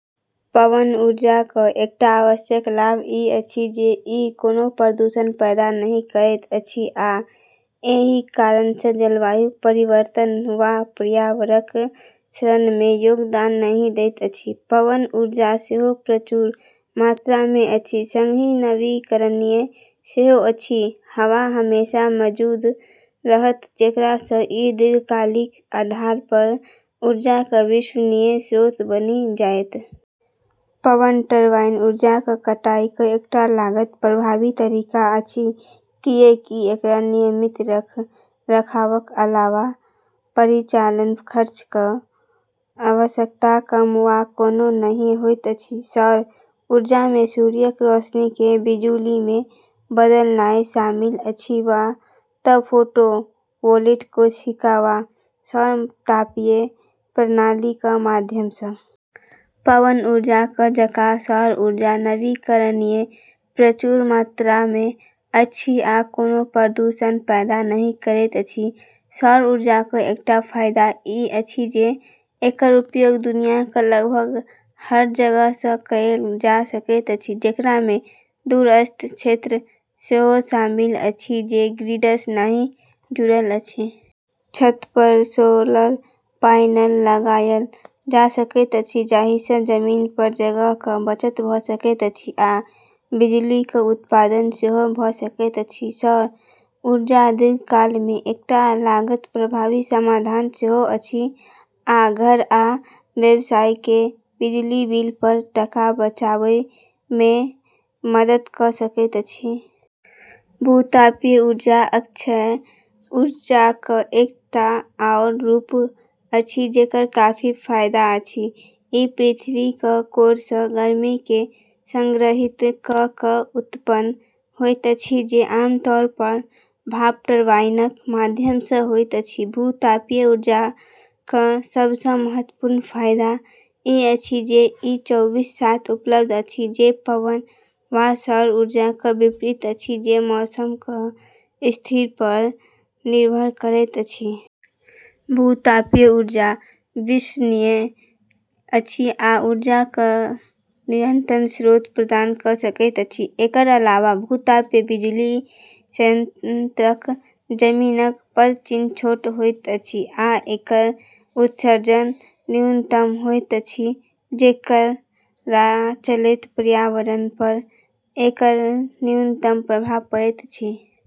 पवन ऊर्जाक एकटा आवश्यक लाभ ई अछि जे ई कोनो प्रदूषण पैदा नहि करैत अछि आ एहि कारणसँ जलवायु परिवर्तन वा पर्यावरणक क्षरणमे योगदान नहि दैत अछि। पवन ऊर्जा सेहो प्रचुर मात्रामे अछि सँगही नवीकरणीय सेहो अछि; हवा हमेशा मौजूद रहत, जेकरासँ ई दीर्घकालिक आधारपर ऊर्जाक विश्वसनीय स्रोत बनि जायत। पवन टरबाइन ऊर्जाक कटाईक एकटा लागत प्रभावी तरीका अछि, किएकि एकरा नियमित रखरखावक अलावा परिचालन खर्चक आवश्यकता कम वा कोनो नहि होइत अछि। सौर ऊर्जामे सूर्यक रोशनीकेँ बिजुलीमे बदलनाइ शामिल अछि, वा तँ फोटोवोल्टिक कोशिका वा सौर तापीय प्रणालीक माध्यमसँ। पवन ऊर्जाक जकाँ सौर ऊर्जा नवीकरणीय, प्रचुर मात्रामे अछि आ कोनो प्रदूषण पैदा नहि करैत अछि। सौर ऊर्जाक एकटा फायदा ई अछि जे एकर उपयोग दुनियाक लगभग हर जगहसँ कएल जा सकैत अछि, जेकरामे दूरस्थ क्षेत्र सेहो शामिल अछि जे ग्रिडसँ नहि जुड़ल अछि। छतपर सोलर प्यानल लगायल जा सकैत अछि, जाहिसँ जमीनपर जगहक बचत भऽ सकैत अछि आ बिजुलीक उत्पादन सेहो भऽ सकैत अछि। सौर ऊर्जा दीर्घकालमे एकटा लागत प्रभावी समाधान सेहो अछि आ घर आ व्यवसायकेँ बिजुली बिलपर टका बचाबैमे मदद कऽ सकैत अछि। भू-तापीय ऊर्जा अक्षय ऊर्जाक एकटा आओर रूप अछि जेकर काफी फायदा अछि। ई पृथ्वीक कोरसँ गर्मीकेँ सङ्ग्रहित कऽ कऽ उत्पन्न होइत अछि, जे आमतौरपर भाप टरबाइनक माध्यमसँ होइत अछि। भू-तापीय ऊर्जाक सबसँ महत्वपूर्ण फायदा ई अछि जे ई चौबीस/सात उपलब्ध अछि, जे पवन वा सौर ऊर्जाक विपरीत अछि, जे मौसमक स्थितिपर निर्भर करैत अछि। भू-तापीय ऊर्जा विश्वसनीय अछि आ ऊर्जाक निरन्तर स्रोत प्रदान कऽ सकैत अछि। एकर अलावा भू-तापीय बिजुली संयन्त्रक जमीनक पदचिह्न छोट होइत अछि आ एकर उत्सर्जन न्यूनतम होइत अछि, जेकरा चलैत पर्यावरणपर एकर न्यूनतम प्रभाव पड़ैत अछि।